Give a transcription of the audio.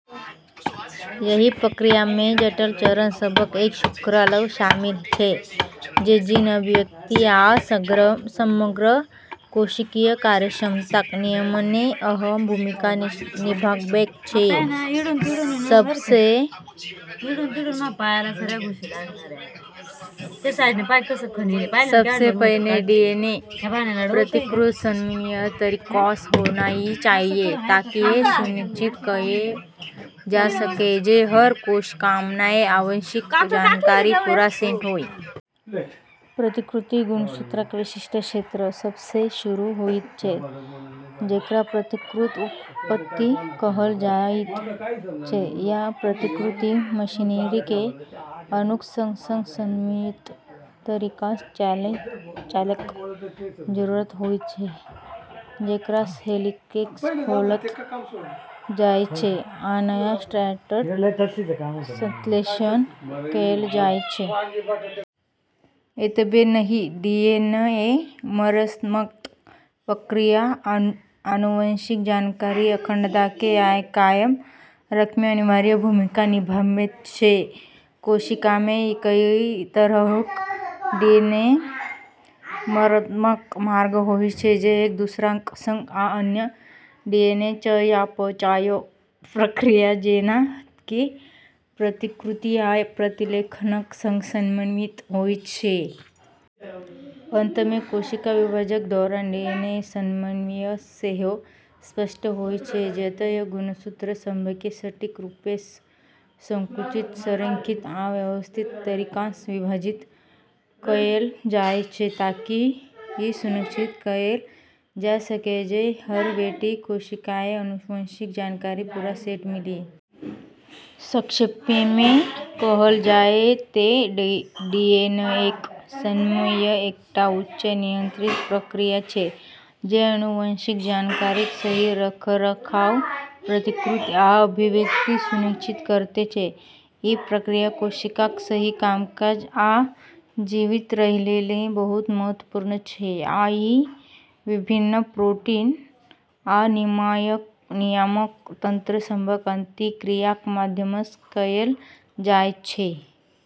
एहि प्रक्रियामे जटिल चरण सभक एक श्रृंखला शामिल छै जे जीन अभिव्यक्ति आ समग्र कोशिकीय कार्यक्षमताक नियमनमे अहम भूमिका निभाबैत छै। सबसँ पहिने डीएनए प्रतिकृति समन्वित तरीकासँ होनाइ चाहिया ताकि ई सुनिश्चित कएल जा सकय जे हर कोशिकामे आनुवंशिक जानकारीक पूरा सेट होय। प्रतिकृति गुणसूत्रक विशिष्ट क्षेत्र सभसँ शुरू होइत छै जेकरा प्रतिकृतिक उत्पत्ति कहल जाइत छै, आ प्रतिकृति मशीनरीकेँ अणुक संग-संग समन्वित तरीकासँ चलैक जरूरत होइत छै, जेकरासँ हेलिक्सकेँ खोलल जाइत छै आ नया स्ट्रैंडक संश्लेषण कएल जाइत छै। एतबे नहि, डीएनए मरम्मतक प्रक्रिया आनुवंशिक जानकारीक अखंडताकेँ कायम रखैमे अनिवार्य भूमिका निभाबैत छै। कोशिकामे कई तरहक डीएनए मरम्मतक मार्ग होइत छै जे एक-दूसराक संग आ अन्य डीएनए चयापचय प्रक्रिया जेना कि प्रतिकृति आ प्रतिलेखनक संग समन्वयित होइत छै। अंतमे, कोशिका विभाजनक दौरान डीएनए समन्वय सेहो स्पष्ट होइत छै, जतय गुणसूत्र सभकेँ सटीक रूपसँ संकुचित, संरेखित आ व्यवस्थित तरीकासँ विभाजित कएल जाइत छै ताकि ई सुनिश्चित कएल जा सकय जे हर बेटी कोशिकाकेँ आनुवंशिक जानकारीक पूरा सेट मिलय। संक्षेपमे कहल जाय तँ डीएनएक समन्वय एकटा उच्च नियंत्रित प्रक्रिया छै जे आनुवंशिक जानकारीक सही रखरखाव, प्रतिकृति आ अभिव्यक्ति सुनिश्चित करैत छै। ई प्रक्रिया कोशिकाक सही कामकाज आ जीवित रहैलेल बहुत महत्वपूर्ण छै आ ई विभिन्न प्रोटीन आ नियामक तंत्र सभक अंतःक्रियाक माध्यमसँ कएल जाइत छै।